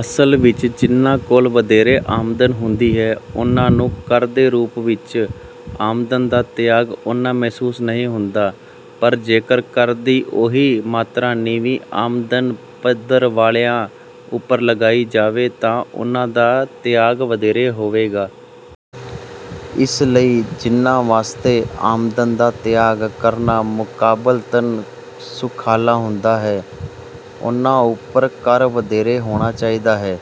ਅਸਲ ਵਿੱਚ ਜਿਹਨਾਂ ਕੋਲ ਵਧੇਰੇ ਆਮਦਨ ਹੁੰਦੀ ਹੈ, ਉਹਨਾਂ ਨੂੰ ਕਰ ਦੇ ਰੂਪ ਵਿੱਚ ਆਮਦਨ ਦਾ ਤਿਆਗ ਉੰਨਾਂ ਮਹਿਸੂਸ ਨਹੀਂ ਹੁੰਦਾ, ਪਰ ਜੇਕਰ ਕਰ ਦੀ ਉਹੀ ਮਾਤਰਾ ਨੀਵੀਂ ਆਮਦਨ ਪੱਧਰ ਵਾਲਿਆਂ ਉੱਪਰ ਲਗਾਈ ਜਾਵੇ, ਤਾਂ ਉਹਨਾਂ ਦਾ ਤਿਆਗ ਵਧੇਰੇ ਹੋਵੇਗਾ। ਇਸ ਲਈ ਜਿਹਨਾਂ ਵਾਸਤੇ ਆਮਦਨ ਦਾ ਤਿਆਗ ਕਰਨਾ ਮੁਕਾਬਲਤਨ ਸੁਖਾਲਾ ਹੁੰਦਾ ਹੈ, ਉਹਨਾਂ ਉੱਪਰ ਕਰ ਵਧੇਰੇ ਹੋਣਾ ਚਾਹੀਦਾ ਹੈ,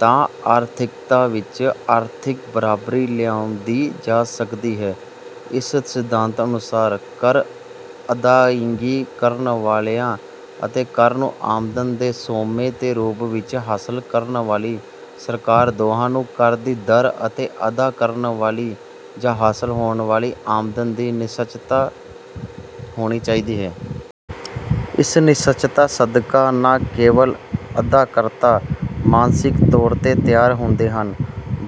ਤਾਂ ਆਰਥਿਕਤਾ ਵਿੱਚ ਆਰਥਿਕ ਬਰਾਬਰੀ ਲਿਆਂਉਂਦੀ ਜਾ ਸਕਦੀ ਹੈ। ਇਸ ਸਿਧਾਂਤ ਅਨੁਸਾਰ, ਕਰ ਅਦਾਇਗੀ ਕਰਨ ਵਾਲਿਆਂ ਅਤੇ ਕਰ ਨੂੰ ਆਮਦਨ ਦੇ ਸੋਮੇਂ ਦੇ ਰੂਪ ਵਿੱਚ ਹਾਸਲ ਕਰਨ ਵਾਲੀ ਸਰਕਾਰ ਦੋਹਾਂ ਨੂੰ ਕਰ ਦੀ ਦਰ ਅਤੇ ਅਦਾ ਕਰਨ ਵਾਲੀ ਜਾਂ ਹਾਸਲ ਹੋਣ ਵਾਲੀ ਆਮਦਨ ਦੀ ਨਿਸ਼ਚਤਤਾ ਹੋਣੀ ਚਾਹੀਦੀ ਹੈ। ਇਸ ਨਿਸ਼ਚਤਤਾ ਸਦਕਾ ਨਾਂ ਕੇਵਲ ਅਦਾਕਰਤਾ ਮਾਨਸਿਕ ਤੌਰ ਤੇ ਤਿਆਰ ਹੁੰਦੇ ਹਨ,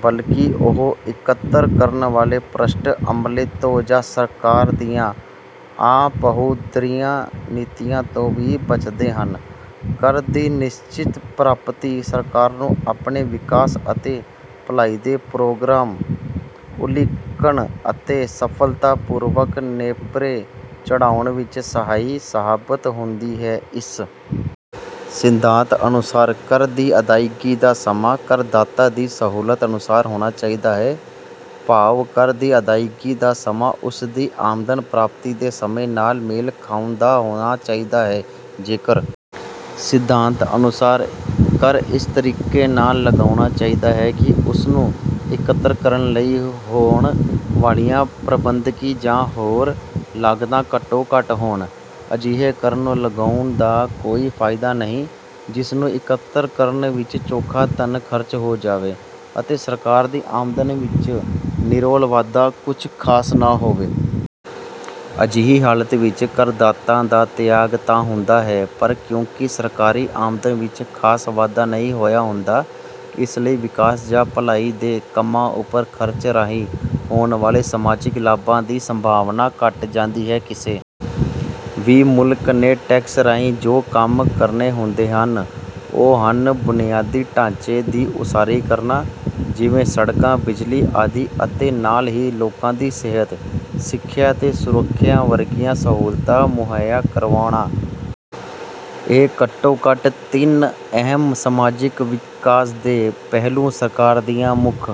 ਬਲਕਿ ਉਹ ਕਰ ਇਕੱਤਰ ਕਰਨ ਵਾਲੇ ਭ੍ਰਸ਼ਟ ਅਮਲੇ ਤੋਂ ਜਾਂ ਸਰਕਾਰ ਦੀਆਂ ਆਪਹੁਦਰੀਆਂ ਨੀਤੀਆਂ ਤੋਂ ਵੀ ਬਚਦੇ ਹਨ। ਕਰ ਦੀ ਨਿਸ਼ਚਿਤ ਪ੍ਰਾਪਤੀ ਸਰਕਾਰ ਨੂੰ ਆਪਣੇ ਵਿਕਾਸ ਅਤੇ ਭਲਾਈ ਦੇ ਪ੍ਰੋਗਰਾਮ ਉਲੀਕਣ ਅਤੇ ਸਫਲਤਾ ਪੂਰਵਕ ਨੇਪਰੇ ਚੜ੍ਹਾਉਣ ਵਿੱਚ ਸਹਾਈ ਸਾਬਤ ਹੁੰਦੀ ਹੈ। ਇਸ ਸਿਧਾਂਤ ਅਨੁਸਾਰ, ਕਰ ਦੀ ਅਦਾਇਗੀ ਦਾ ਸਮਾਂ ਕਰਦਾਤਾ ਦੀ ਸਹੂਲਤ ਅਨੁਸਾਰ ਹੋਣਾ ਚਾਹੀਦਾ ਹੈ, ਭਾਵ ਕਰ ਦੀ ਅਦਾਇਗੀ ਦਾ ਸਮਾਂ ਉਸ ਦੀ ਆਮਦਨ ਪ੍ਰਾਪਤੀ ਦੇ ਸਮੇਂ ਨਾਲ ਮੇਲ ਖਾਉਂਦਾ ਹੋਣਾ ਚਾਹੀਦਾ ਹੈ। ਜੇਕਰ ਸਿਧਾਂਤ ਅਨੁਸਾਰ, ਕਰ ਇਸ ਤਰੀਕੇ ਨਾਲ ਲਗਾਉਣਾ ਚਾਹੀਦਾ ਹੈ ਕਿ ਉਸ ਨੂੰ ਇਕੱਤਰ ਕਰਨ ਲਈ ਹੋਣ ਵਾਲੀਆਂ ਪ੍ਰਬੰਧਕੀ ਜਾਂ ਹੋਰ ਲਾਗਤਾਂ ਘੱਟੋ ਘੱਟ ਹੋਣ। ਅਜਿਹੇ ਕਰ ਨੂੰ ਲਗਾਉਣ ਦਾ ਕੋਈ ਫਾਇਦਾ ਨਹੀਂ, ਜਿਸ ਨੂੰ ਇਕੱਤਰ ਕਰਨ ਵਿੱਚ ਚੋਖਾ ਧਨ ਖਰਚ ਹੋ ਜਾਵੇ ਅਤੇ ਸਰਕਾਰ ਦੀ ਆਮਦਨ ਵਿੱਚ ਨਿਰੋਲ ਵਾਧਾ ਕੁਝ ਖਾਸ ਨਾ ਹੋਵੇ। ਅਜਿਹੀ ਹਾਲਤ ਵਿੱਚ ਕਰਦਾਤਾ ਦਾ ਤਿਆਗ ਤਾਂ ਹੁੰਦਾ ਹੈ, ਪਰ ਕਿਉਂਕਿ ਸਰਕਾਰੀ ਆਮਦਨ ਵਿੱਚ ਖਾਸ ਵਾਧਾ ਨਹੀਂ ਹੋਇਆ ਹੁੰਦਾ, ਇਸ ਲਈ ਵਿਕਾਸ ਜਾਂ ਭਲਾਈ ਦੇ ਕੰਮਾਂ ਉੱਪਰ ਖਰਚ ਰਾਹੀਂ ਹੋਣ ਵਾਲੇ ਸਮਾਜਿਕ ਲਾਭਾਂ ਦੀ ਸੰਭਾਵਨਾਂ ਘਟ ਜਾਂਦੀ ਹੈ। ਕਿਸੇ ਵੀ ਮੁਲਕ ਨੇ ਟੈਕਸ ਰਾਹੀਂ ਜੋ ਕੰਮ ਕਰਨੇ ਹੁੰਦੇ ਹਨ, ਉਹ ਹਨ ਬੁਨਿਆਦੀ ਢਾਂਚੇ ਦੀ ਉਸਾਰੀ ਕਰਨਾ, ਜਿਵੇਂ ਸੜਕਾਂ, ਬਿਜਲੀ ਆਦਿ, ਅਤੇ ਨਾਲ ਹੀ ਲੋਕਾਂ ਦੀ ਸਿਹਤ, ਸਿੱਖਿਆ ਤੇ ਸੁਰੱਖਿਆ ਵਰਗੀਆਂ ਸਹੂਲਤਾਂ ਮੁਹੱਈਆ ਕਰਵਾਉਣਾ। ਇਹ ਘੱਟੋ ਘੱਟ ਤਿੰਨ ਅਹਿਮ ਸਮਾਜਿਕ ਵਿਕਾਸ ਦੇ ਪਹਿਲੂ ਸਰਕਾਰ ਦੀਆਂ ਮੁੱਖ...